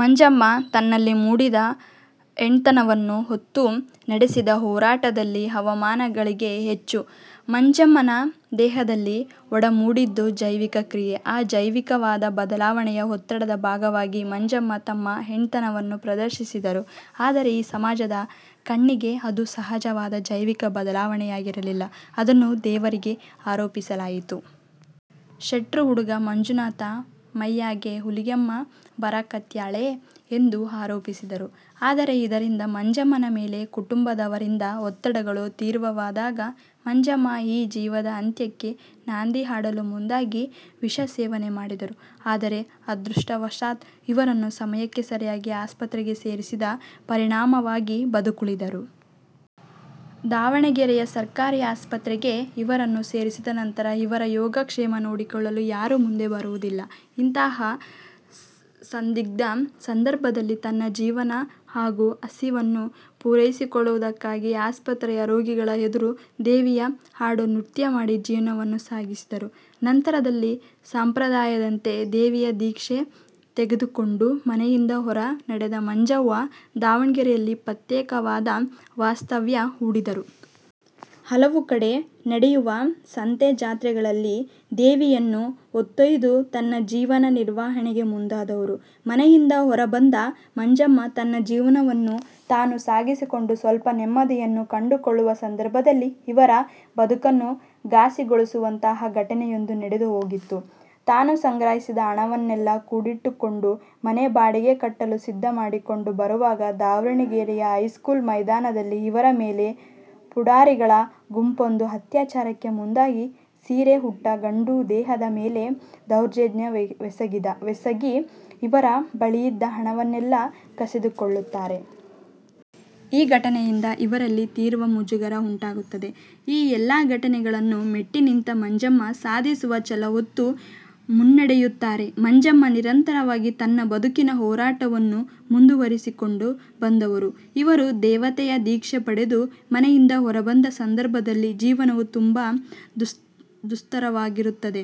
ಮಂಜಮ್ಮ ತನ್ನಲ್ಲಿ ಮೂಡಿದ ಹೆಣ್ತನವನ್ನು ಹೊತ್ತು ನಡೆಸಿದ ಹೋರಾಟದಲ್ಲಿ ಅವಮಾನಗಳೆ ಹೆಚ್ಚು. ಮಂಜಮ್ಮನ ದೇಹದಲ್ಲಿ ಒಡಮೂಡಿದ್ದು ಜೈವಿಕ ಕ್ರಿಯೆ. ಈ ಜೈವಿಕವಾದ ಬದಲಾವಣೆಯ ಒತ್ತಡದ ಭಾಗವಾಗಿ ಮಂಜಮ್ಮ ತಮ್ಮ ಹೆಣ್ತನವನ್ನು ಪ್ರದರ್ಶಿಸಿದರು. ಆದರೆ ಈ ಸಮಾಜದ ಕಣ್ಣಿಗೆ ಅದು ಸಹಜವಾದ ಜೈವಿಕ ಬದಲಾವಣೆಯಾಗಿರಲಿಲ್ಲ. ಅದನ್ನು ದೇವರಿಗೆ ಆರೋಪಿಸಲಾಯಿತು. 'ಶೆಟ್ರು ಹುಡುಗ ಮಂಜುನಾಥನ ಮೈಯಾಗೆ ಹುಲಿಗೆಮ್ಮ ಬರಕತ್ಯಾಳೆ' ಎಂದು ಆರೋಪಿಸಿದರು. ಆದರೆ ಇದರಿಂದ ಮಂಜಮ್ಮನ ಮೇಲೆ ಕುಟುಂಬದವರಿಂದ ಒತ್ತಡಗಳು ತೀವ್ರವಾದಾಗ ಮಂಜಮ್ಮ ಈ ಜೀವದ ಅಂತ್ಯಕ್ಕೆ ನಾಂದಿ ಹಾಡಲು ಮುಂದಾಗಿ ವಿಷ ಸೇವನೆ ಮಾಡಿದರು. ಆದರೆ ಅದೃಷ್ಟವಶತ್ ಇವರನ್ನು ಸಮಯಕ್ಕೆ ಸರಿಯಾಗಿ ಆಸ್ಪತ್ರೆಗೆ ಸೇರಿಸಿದ ಪರಿಣಾಮವಾಗಿ ಬದುಕುಳಿದರು. ದಾವಣಗೆರೆಯ ಸರ್ಕಾರಿ ಆಸ್ಪತ್ರೆಗೆ ಇವರನ್ನು ಸೇರಿಸಿದ ನಂತರ ಇವರ ಯೋಗಕ್ಷೇಮ ನೋಡಿಕೊಳ್ಳಲು ಯಾರು ಮುಂದೆ ಬರುವುದಿಲ್ಲ. ಇಂತಹ ಸಂದಿಗ್ಧ ಸಂದರ್ಭದಲ್ಲಿ ತನ್ನ ಜೀವನ ಹಾಗೂ ಹಸಿವನ್ನು ಪೂರೈಸಿಕೊಳ್ಳುವುದಕ್ಕಾಗಿ ಆಸ್ಪತ್ರೆಯ ರೋಗಿಗಳ ಎದುರು ದೇವಿಯ ಹಾಡು ನೃತ್ಯ ಮಾಡಿ ಜೀವನವನ್ನು ಸಾಗಿಸಿದರು. ನಂತರದಲ್ಲಿ ಸಂಪ್ರದಾಯದಂತೆ ದೇವಿಯ ದೀಕ್ಷೆ ತೆಗೆದುಕೊಂಡು ಮನೆಯಿಂದ ಹೊರ ನಡೆದ ಮಂಜವ್ವ ದಾವಣಗೆರೆಯಲ್ಲಿ ಪ್ರತ್ಯೇಕವಾದ ವಾಸ್ತವ್ಯ ಹೂಡಿದರು. ಹಲವು ಕಡೆ ನಡೆಯುವ ಸಂತೆ, ಜಾತ್ರೆಗಳಲ್ಲಿ ದೇವಿಯನ್ನು ಹೊತ್ತೊಯ್ದು ತನ್ನ ಜೀವನ ನಿರ್ವಹಣೆಗೆ ಮುಂದಾದರು. ಮನೆಯಿಂದ ಹೊರಬಂದ ಮಂಜಮ್ಮ ತನ್ನ ಜೀವನವನ್ನು ತಾನು ಸಾಗಿಸಿಕೊಂಡು ಸ್ವಲ್ಪ ನೆಮ್ಮದಿಯನ್ನು ಕಂಡುಕೊಳ್ಳುವ ಸಂದರ್ಭದಲ್ಲಿ ಇವರ ಬದುಕನ್ನು ಘಾಸಿಗೊಳಿಸುವಂತಹ ಘಟನೆಯೊಂದು ನಡೆದು ಹೋಗಿತ್ತು. ತಾನು ಸಂಗ್ರಹಿಸಿದ ಹಣವನ್ನೆಲ್ಲ ಕೂಡಿಟ್ಟುಕೊಂಡು ಮನೆ ಬಾಡಿಗೆ ಕಟ್ಟಲು ಸಿದ್ಧ ಮಾಡಿಕೊಂಡು ಬರುವಾಗ ದಾವಣಗೆರೆಯ ಹೈಸ್ಕೂಲು ಮೈದಾನದಲ್ಲಿ ಇವರ ಮೇಲೆ ಪುಢಾರಿಗಳ ಗುಂಪೊಂದು ಅತ್ಯಾಚಾರಕ್ಕೆ ಮುಂದಾಗಿ, ಸೀರೆ ಉಟ್ಟ ಗಂಡು ದೇಹದ ಮೇಲೆ ದೌರ್ಜನ್ಯವೆಸಗಿ, ಇವರ ಬಳಿಯಿದ್ದ ಹಣವನ್ನೆಲ್ಲ ಕಸಿದುಕೊಳ್ಳುತ್ತಾರೆ. ಈ ಘಟನೆಯಿಂದ ಇವರಲ್ಲಿ ತೀವ್ರ ಮುಜುಗರ ಉಂಟಾಗುತ್ತದೆ. ಈ ಎಲ್ಲಾ ಘಟನೆಗಳನ್ನು ಮೆಟ್ಟಿನಿಂತ ಮಂಜಮ್ಮ ಸಾಧಿಸುವ ಛಲವೊತ್ತು ಮುನ್ನಡೆಯುತ್ತಾರೆ. ಮಂಜಮ್ಮ ನಿರಂತರವಾಗಿ ತನ್ನ ಬದುಕಿನ ಹೋರಾಟವನ್ನು ಮುಂದುವರೆಸಿಕೊಂಡು ಬಂದವರು. ಇವರು ದೇವತೆಯ ದೀಕ್ಷೆ ಪಡೆದು ಮನೆಯಿಂದ ಹೊರಬಂದ ಸಂದರ್ಭದಲ್ಲಿ ಜೀವನವು ತುಂಬಾ ದುಸ್ತರವಾಗಿರುತ್ತದೆ.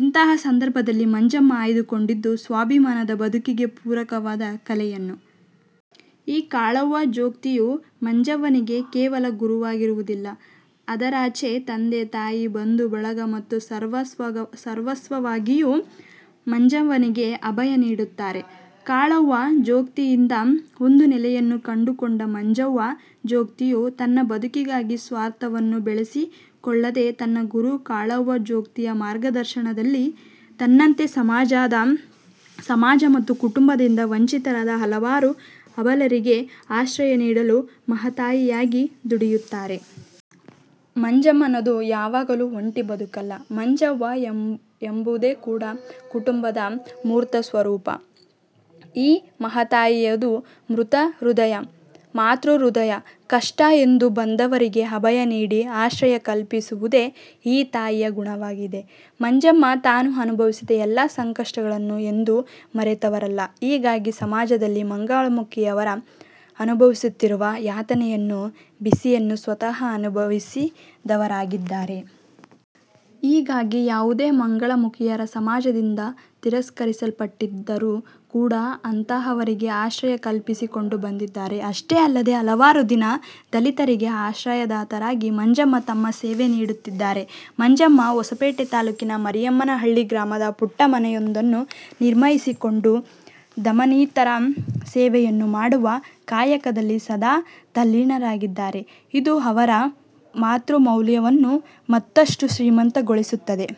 ಇಂತಹ ಸಂದರ್ಭದಲ್ಲಿ ಮಂಜಮ್ಮ ಆಯ್ದುಕೊಂಡಿದ್ದು ಸ್ವಾಭಿಮಾನದ ಬದುಕಿಗೆ ಪೂರಕವಾದ ಕಲೆಯನ್ನು. ಈ ಕಾಳವ್ವ ಜೋಗತಿಯು ಮಂಜವ್ವನಿಗೆ ಕೇವಲ ಗುರುವಾಗಿರುವುದಿಲ್ಲ. ಅದರಾಚೆ ತಂದೆ ತಾಯಿ, ಬಂಧು ಬಳಗ ಮತ್ತು ಸರ್ವಸ್ವವಾಗಿಯೂ ಮಂಜವ್ವನಿಗೆ ಅಭಯ ನೀಡುತ್ತಾರೆ. ಕಾಳವ್ವ ಜೋಗತಿಯಿಂದ ಒಂದು ನೆಲೆಯನ್ನು ಕಂಡುಕೊಂಡ ಮಂಜವ್ವ ಜೋಗತಿಯು ತನ್ನ ಬದುಕಿಗಾಗಿ ಸ್ವಾರ್ಥವನ್ನು ಬೆಳೆಸಿಕೊಳ್ಳದೆ, ತನ್ನ ಗುರು ಕಾಳವ್ವ ಜೋಗತಿಯ ಮಾರ್ಗದರ್ಶನದಲ್ಲಿ ತನ್ನಂತೆ ಸಮಾಜ ಮತ್ತು ಕುಟುಂಬದಿಂದ ವಂಚಿತರಾದ ಹಲವಾರು ಅಬಲರಿಗೆ ಆಶ್ರಯ ನೀಡುವ ಮಹಾತಾಯಿಯಾಗಿ ದುಡಿಯುತ್ತಾರೆ. ಮಂಜಮ್ಮನದು ಯಾವಾಗಲೂ ಒಂಟಿ ಬದುಕಲ್ಲ. ಮಂಜವ್ವ ಎಂಬುದೇ ಕೂಡು ಕುಟುಂಬದ ಮೂರ್ತ ಸ್ವರೂಪ. ಈ ಮಹಾತಾಯಿಯದು ಮಾತೃ ಹೃದಯ. ಕಷ್ಟ ಎಂದು ಬಂದವರಿಗೆ ಅಭಯ ನೀಡಿ ಆಶ್ರಯ ಕಲ್ಪಿಸುವುದೆ ಈ ತಾಯಿಯ ಗುಣವಾಗಿದೆ. ಮಂಜಮ್ಮ ತಾನು ಅನುಭವಿಸಿದ ಎಲ್ಲಾ ಸಂಕಷ್ಟಗಳನ್ನು ಎಂದು ಮರೆತವರಲ್ಲ. ಹೀಗಾಗಿ ಸಮಾಜದಲ್ಲಿ ಮಂಗಳಮುಖಿಯರು ಅನುಭವಿಸುತ್ತಿರುವ ಯಾತನೆಯ ಬಿಸಿಯನ್ನು ಸ್ವತಃ ಅನುಭವಿಸಿದವರಾಗಿದ್ದಾರೆ. ಹೀಗಾಗಿ ಯಾವುದೇ ಮಂಗಳಮುಖಿಯರು ಸಮಾಜದಿಂದ ತಿರಸ್ಕರಿಸಲ್ಪಟ್ಟಿದ್ದರು ಕೂಡ ಅಂತಹವರಿಗೆ ಆಶ್ರಯ ಕಲ್ಪಿಸಿಕೊಂಡು ಬಂದಿದ್ದಾರೆ. ಅಷ್ಟೇ ಅಲ್ಲದೆ ಹಲವಾರು ದೀನ ದಲಿತರಿಗೆ ಆಶ್ರಯಧಾತರಾಗಿ ಮಂಜಮ್ಮ ತಮ್ಮ ಸೇವೆಯನ್ನು ನೀಡುತ್ತಿದ್ದಾರೆ. ಮಂಜಮ್ಮ ಹೊಸಪೇಟೆ ತಾಲ್ಲೂಕಿನ ಮರಿಯಮ್ಮನಹಳ್ಳಿ ಗ್ರಾಮದಲ್ಲಿ ಪುಟ್ಟ ಮನೆಯೊಂದನ್ನು ನಿರ್ಮಿಸಿಕೊಂಡು ದಮನಿತರ ಸೇವೆಯನ್ನು ಮಾಡುವ ಕಾಯಕದಲ್ಲಿ ಸದಾ ತಲ್ಲಿನರಾಗಿದ್ದಾರೆ. ಇದು ಅವರ ಮಾತೃ ಮೌಲ್ಯವನ್ನು ಮತ್ತಷ್ಟು ಶ್ರೀಮಂತಗೊಳಿಸುತ್ತದೆ.